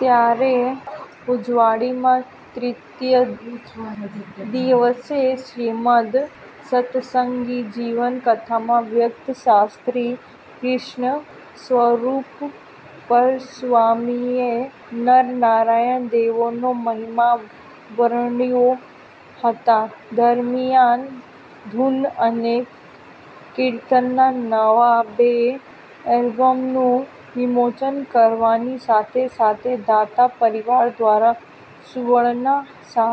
ત્યારે ઉજવણીનાં તૃતીય દિવસે શ્રીમદ્ સત્સંગીજીવન કથામાં વક્તા શાસ્ત્રી કૃષ્ણસ્વરૂપસ્વામીએ નરનારાયણ દેવનો મહિમા વર્ણવ્યો હતો. દરમિયાન ધુન અને કિર્તનનાં નવા બે આલ્બમનું વિમોચન કરવાની સાથે સાથે દાતા પરિવાર દ્વારા સુવર્ણના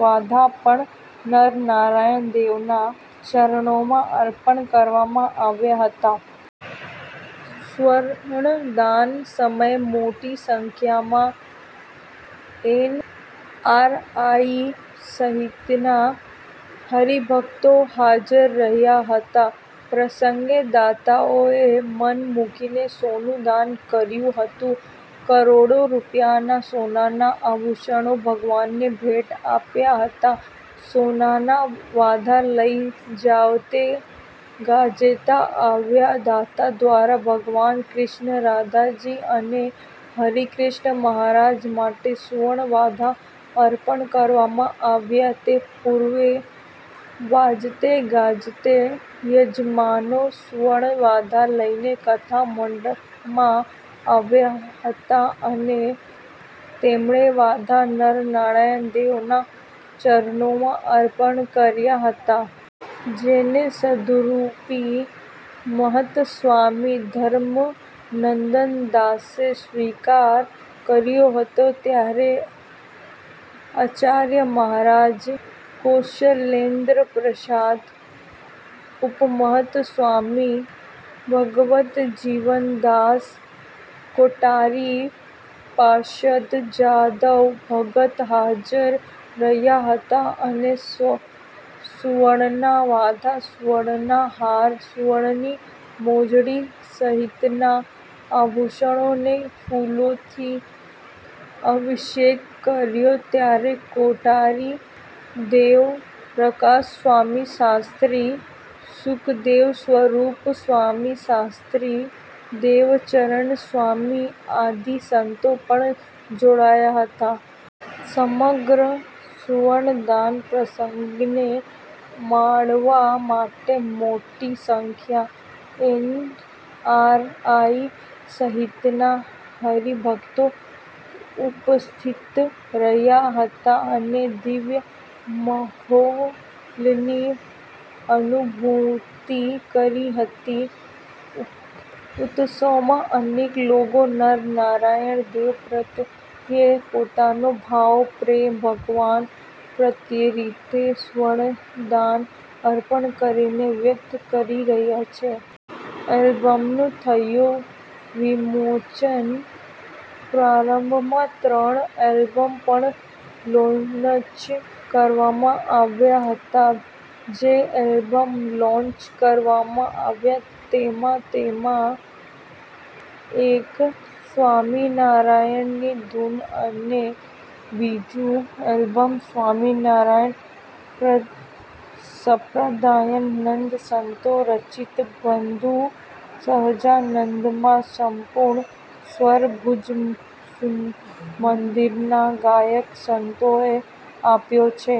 વાઘા પણ નરનારાયણ દેવનાં ચરણોમાં અર્પણ કરવામાં આવ્યા હતા. સુવર્ણદાન સમયે મોટી સંખ્યામાં એનઆરઆઇ સહિતના હરિભક્તો હાજર રહ્યા હતા. પ્રસંગે દાતાઓએ મન મુકીને સોનું દાન કર્યું હતું. કરોડો રૂપિયાના સોનાના આભૂષણો ભગવાનને ભેટ અપાયા હતા. સોનાના વાઘા લઈ વાજતે ગાજતે આવ્યા દાતા દ્વારા ભગવાન કૃષ્ણ, રાધાજી અને હરિકૃષ્ણ મહારાજ માટે સુવર્ણ વાઘા અર્પણ કરવામાં આવ્યા તે પૂર્વે વાજતેગાજતે યજમાનો સુવર્ણ વાઘા લઇને કથા મંડપમાં આવ્યા હતા અને તેમણેવાઘા નરનારાયણ દેવનાં ચરણોમાં અર્પણ કર્યા હતાં. જેનો સદ્ગુરૂ મહંતસ્વામી ધર્મનંદનદાસે સ્વીકાર કર્યો હતો. ત્યારે આચાર્ય મહારાજ કૌશલેન્દ્રપ્રસાદ, ઉપમહંત સ્વામી ભગવદજીવન દાસ, કોઠારી પાર્ષદ જાદવ ભગત હાજર રહ્યા હતા અને સુવર્ણના વાઘા, સુવર્ણના હાર, સુવર્ણની મોજડી સહિતનાં આભૂષણોનો ફુલોથી અભિષેક કર્યો ત્યારે કોઠારી દેવપ્રકાશસ્વામી, શાસ્ત્રી સુકદેવસ્વરૂપસ્વામી, શાસ્ત્રી દેવચરણસ્વામી આદિ સંતો પણ જોડાયા હતા. સમગ્ર સુવર્ણદાન પ્રસંગને માણવા માટે મોટી સંખ્યા એનઆરઆઇ સહિતનાં હરિભક્તો ઉપસ્થિત રહ્યા હતાં અને દિવ્ય માહોલની અનુભૂતિ કરી હતી. ઉત્સવમાં અનેક લોકો નરનારાયણ દેવ પ્રત્યે પોતાનો ભાવ, પ્રેમ ભગવાન પ્રત્યેરીતે સુવર્ણદાન અર્પણ કરીને વ્યક્ત કરી રહ્યા છે. આલ્બમનું થયું વિમોચન પ્રારંભમાં ત્રણ આલ્બમ પણ લોન્ચ કરવામાં આવ્યા હતાં. જે આબ્લમ લોન્ચ કરવામાં આવ્યા તેમાં તેમાં એક સ્વામિનારાયણની ધુન અને બીજુ આલ્બમ સ્વામિનારાયણ સંપ્રદાયના નંદ સંતો રચિત વંદુ શહજાનંદમાં સંપૂર્ણ સ્વર ભુજ મંદિરનાં ગાયક સંતોએ આપ્યો છે.